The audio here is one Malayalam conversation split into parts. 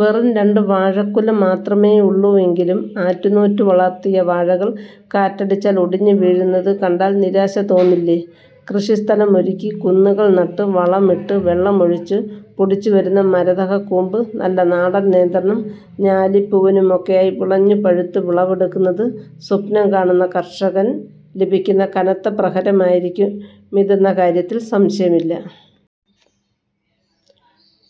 വെറും രണ്ട് വാഴക്കുല മാത്രമേയുള്ളുവെങ്കിലും ആറ്റുനോറ്റു വളര്‍ത്തിയ വാഴകള്‍ കാറ്റടിച്ചാൽ ഒടിഞ്ഞു വീഴുന്നത് കണ്ടാല്‍ നിരാശ തോന്നില്ലേ? കൃഷിസ്ഥലമൊരുക്കി കുന്നുകള്‍ നട്ട് വളമിട്ട് വെള്ളമൊഴിച്ച് പൊടിച്ചു വരുന്ന മരതകക്കൂമ്പ് നല്ല നാടന്‍ നേന്ത്രനും ഞാലിപ്പൂവനുമൊക്കെയായി വിളഞ്ഞ് പഴുത്ത് വിളവെടുക്കുന്നത് സ്വപ്നം കാണുന്ന കര്‍ഷകന്‍ ലഭിക്കുന്ന കനത്ത പ്രഹരമായിരിക്കുമിതെന്ന കാര്യത്തില്‍ സംശയമില്ല.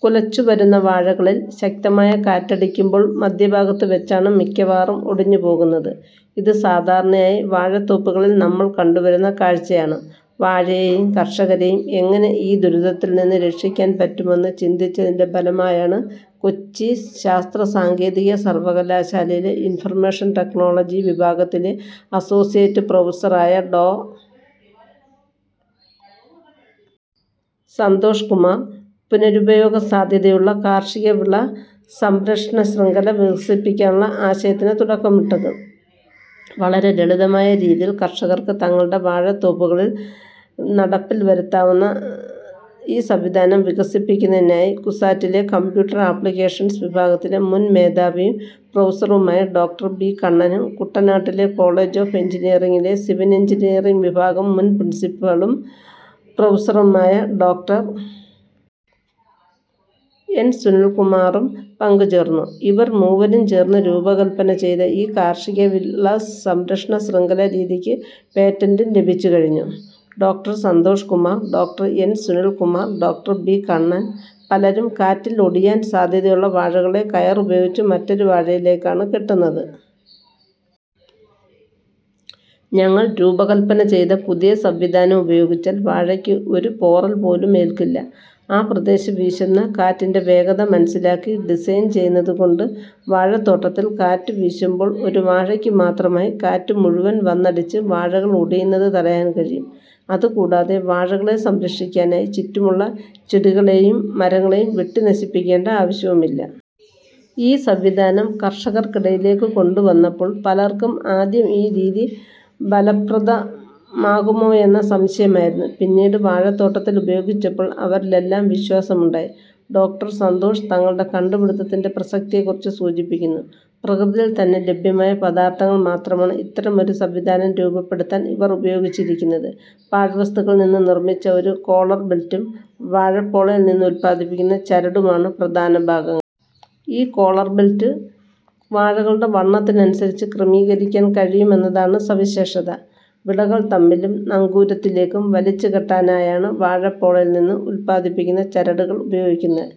കുലച്ച് വരുന്ന വാഴകളിൽ ശക്തമായ കാറ്റടിക്കുമ്പോള്‍ മധ്യഭാഗത്ത് വെച്ചാണ് മിക്കവാറും ഒടിഞ്ഞുപോകുന്നത്. ഇത് സാധാരണയായി വാഴത്തോപ്പുകളില്‍ നമ്മള്‍ കണ്ടുവരുന്ന കാഴ്ചയാണ്. വാഴയെയും കര്‍ഷകരെയും എങ്ങനെ ഈ ദുരിതത്തില്‍ നിന്ന് രക്ഷിക്കാന്‍ പറ്റുമെന്ന് ചിന്തിച്ചതിന്‍റെ ഫലമായാണ് കൊച്ചി ശാസ്ത്രസാങ്കേതിക സര്‍വകലാശാലയിലെ ഇന്‍ഫര്‍മേഷൻ ടെക്നോളജി വിഭാഗത്തിലെ അസോസിയേറ്റ് പ്രൊഫസറായ ഡോ. സന്തോഷ് കുമാര്‍ പുനരുപയോഗ സാധ്യതയുള്ള കാര്‍ഷിക വിള സംരക്ഷണ ശ്യംഖല വികസിപ്പിക്കാനുള്ള ആശയത്തിന് തുടക്കമിട്ടത്. വളരെ ലളിതമായ രീതിയില്‍ കര്‍ഷകര്‍ക്ക് തങ്ങളുടെ വാഴത്തോപ്പുകളില്‍ നടപ്പില്‍ വരുത്താവുന്ന ഈ സംവിധാനം വികസിപ്പിക്കുന്നതിനായി കുസാറ്റിലെ കമ്പ്യൂട്ടര്‍ ആപ്ലിക്കേഷൻസ് വിഭാഗത്തിലെ മുന്‍ മേധാവിയും പ്രൊഫസറുമായ ഡോ. ബി കണ്ണനും കുട്ടനാട്ടിലെ കോളജ് ഓഫ് എഞ്ചിനീയറിങ്ങിലെ സിവില്‍ എഞ്ചിനീയറിങ്ങ് വിഭാഗം മുന്‍ പ്രിന്‍സിപ്പാളും പ്രൊഫസറുമായ ഡോ. എന്‍. സുനില്‍ കുമാറും പങ്കുചേര്‍ന്നു. ഇവര്‍ മൂവരും ചേര്‍ന്ന് രൂപകല്പന ചെയ്ത ഈ കാര്‍ഷിക വിള സംരക്ഷണ ശ്യംഖലാ രീതിക്ക് പേറ്റന്‍റും ലഭിച്ചു കഴിഞ്ഞു. ഡോ. സന്തോഷ് കുമാർ, ഡോ. എൻ. സുനിൽ കുമാർ, ഡോ. ബി. കണ്ണൻ ' പലരും കാറ്റില്‍ ഒടിയാന്‍ സാധ്യതയുള്ള വാഴകളെ കയര്‍ ഉപയോഗിച്ച് മറ്റൊരു വാഴയിലേക്കാണ് കെട്ടുന്നത്. ഞങ്ങള്‍ രൂപകല്‍പ്പന ചെയ്ത പുതിയ സംവിധാനം ഉപയോഗിച്ചാല്‍ വാഴയ്ക്ക് ഒരു പോറല്‍ പോലുമേൽക്കില്ല. ആ പ്രദേശത്ത് വീശുന്ന കാറ്റിന്‍റെ വേഗത മനസിലാക്കി ഡിസൈൻ ചെയ്യുന്നതുകൊണ്ട് വാഴത്തോട്ടത്തിൽ കാറ്റുവീശുമ്പോൾ ഒരു വാഴയ്ക്കു മാത്രമായി കാറ്റ് മുഴുവന്‍ വന്നടിച്ച് വാഴകള്‍ ഒടിയുന്നത് തടയാന്‍ കഴിയും. അതുകൂടാതെ വാഴകളെ സംരക്ഷിക്കാനായി ചുറ്റുമുള്ള ചെടികളെയും മരങ്ങളെയും വെട്ടി നശിപ്പിക്കേണ്ട ആവശ്യവുമില്ല. ഈ സംവിധാനം കർഷകർക്കിടയിലേക്ക് കൊണ്ടുവന്നപ്പോള്‍ പലര്‍ക്കും ആദ്യം ഈ രീതി ഫലപ്രദമാകുമോയെന്ന സംശയമായിരുന്നു. പിന്നീട് വാഴത്തോട്ടത്തിൽ ഉപയോഗിച്ചപ്പോള്‍ അവരിലെല്ലാം വിശ്വാസമുണ്ടായി ' ഡോ. സന്തോഷ് തങ്ങളുടെ കണ്ടുപിടുത്തത്തിന്‍റെ പ്രസക്തിയെക്കുറിച്ച് സൂചിപ്പിക്കുന്നു. പ്രകൃതിയില്‍ തന്നെ ലഭ്യമായ പദാർത്ഥങ്ങൾ മാത്രമാണ് ഇത്തരമൊരു സംവിധാനം രൂപപ്പെടുത്താൻ ഇവര്‍ ഉപയോഗിച്ചിരിക്കുന്നത്. പാഴ് വസ്തുക്കളില്‍ നിന്ന് നിര്‍മിച്ച ഒരു കോളർ ബെൽറ്റും വാഴപ്പോളയില്‍ നിന്ന് ഉത്പാദിപ്പിക്കുന്ന ചരടുമാണ് പ്രധാന ഭാഗങ്ങള്‍. ഈ കോളർ ബെൽറ്റ് വാഴകളുടെ വണ്ണത്തിനനുസരിച്ച് ക്രമീകരിക്കാന്‍ കഴിയുമെന്നതാണ് സവിശേഷത. വിളകള്‍ തമ്മിലും നങ്കൂരത്തിലേക്കും വലിച്ചു കെട്ടാനായാണ് വാഴപ്പോളയില്‍ നിന്ന് ഉത്പാദിപ്പിക്കുന്ന ചരടുകള്‍ ഉപയോഗിക്കുന്നത്.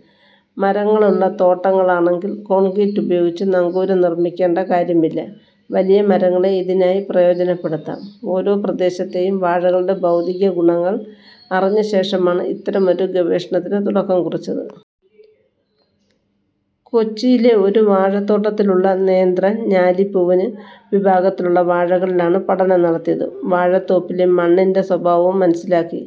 മരങ്ങളുള്ള തോട്ടങ്ങളാണെങ്കിൽ കോണ്ക്രീറ്റ് ഉപയോഗിച്ച് നങ്കൂരം നിര്‍മിക്കേണ്ട കാര്യമില്ല. വലിയ മരങ്ങളെ ഇതിനായി പ്രയോജനപ്പെടുത്താം. ' ഓരോ പ്രദേശത്തെയും വാഴകളുടെ ഭൗതിക ഗുണങ്ങള്‍ അറിഞ്ഞ ശേഷമാണ് ഇത്തരമൊരു ഗവേഷണത്തിന് തുടക്കം കുറിച്ചത്. കൊച്ചിയിലെ ഒരു വാഴത്തോട്ടത്തിലുള്ള നേന്ത്രൻ, ഞാലിപ്പൂവന് വിഭാഗത്തിലുള്ള വാഴകളിലാണ് പഠനം നടത്തിയത്. വാഴത്തോപ്പിലെ മണ്ണിന്‍റെ സ്വഭാവവും മനസിലാക്കി.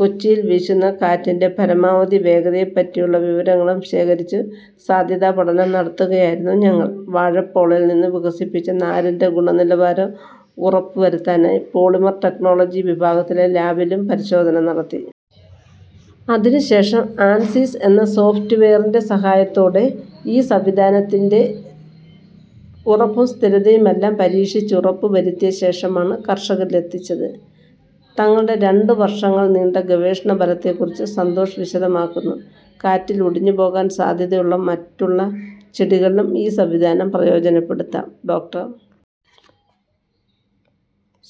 കൊച്ചിയില്‍ വീശുന്ന കാറ്റിന്‍റെ പരമാവധി വേഗതയെപ്പറ്റിയുള്ള വിവരങ്ങളും ശേഖരിച്ച് സാധ്യതാ പഠനം നടത്തുകയായിരുന്നു ഞങ്ങള്‍. വാഴപ്പോളയില്‍ നിന്ന് വികസിപ്പിച്ച നാരിന്‍റെ ഗുണനിലവാരം ഉറപ്പുവരുത്താനായി പോളിമർ ടെക്നോളജി വിഭാഗത്തിലെ ലാബിലും പരിശോധന നടത്തി. അതിനുശേഷം ആൻസിസ് എന്ന സോഫ്റ്റ് വെയറിന്റെ സഹായത്തോടെ ഈ സംവിധാനത്തിന്‍റെ ഉറപ്പും സ്ഥിരതയുമെല്ലാം പരീക്ഷിച്ച് ഉറപ്പുവരുത്തിയ ശേഷമാണ് കർഷകരിലെത്തിച്ചത് ' തങ്ങളുടെ രണ്ടു വര്‍ഷങ്ങള്‍ നീണ്ട ഗവേഷണ ഫലത്തെക്കുറിച്ച് സന്തോഷ് വിശദമാക്കുന്നു. കാറ്റിൽ ഒടിഞ്ഞു പോകാൻ സാധ്യതയുള്ള മറ്റുള്ള ചെടികളിലും ഈ സംവിധാനം പ്രയോജനപ്പെടുത്താം. ഡോ.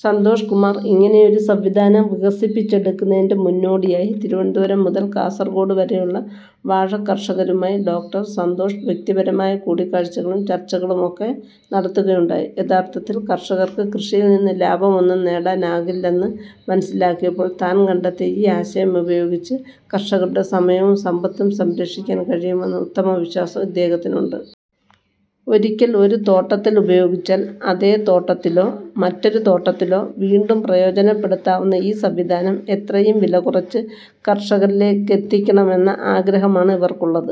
സന്തോഷ് കുമാർ ഇങ്ങനെയൊരു സംവിധാനം വികസിപ്പിച്ചെടുക്കുന്നതിന്റെ മുന്നോടിയായി തിരുവനന്തപുരം മുതല്‍ കാസര്‍കോട് വരെയുള്ള വാഴക്കർഷകരുമായി ഡോ. സന്തോഷ് വ്യക്തിപരമായ കൂടിക്കാഴ്ചകളും ചര്‍ച്ചകളൊക്കെ നടത്തുകയുണ്ടായി. യഥാര്‍ഥത്തിൽ കര്‍ഷകര്‍ക്ക് കൃഷിയില്‍ നിന്ന് ലാഭമൊന്നും നേടാനാകുന്നില്ലെന്ന് മനസിലാക്കിയപ്പോള്‍ താന്‍ കണ്ടെത്തിയ ഈ ആശയമുപയോഗിച്ച് കര്‍ഷകരുടെ സമയവും സമ്പത്തും സംരക്ഷിക്കാന്‍ കഴിയുമെന്ന ഉത്തമ വിശ്വാസം ഇദ്ദേഹത്തിനുണ്ട്. ഒരിക്കല്‍ ഒരു തോട്ടത്തില്‍ ഉപയോഗിച്ചാല്‍ അതേ തോട്ടത്തിലോ മറ്റൊരു തോട്ടത്തിലോ വീണ്ടും പ്രയോജനപ്പെടുത്താവുന്ന ഈ സംവിധാനം എത്രയും വില കുറച്ച് കർഷകരിലേക്കെത്തിക്കണമെന്ന ആഗ്രഹമാണ് ഇവർക്കുള്ളത്.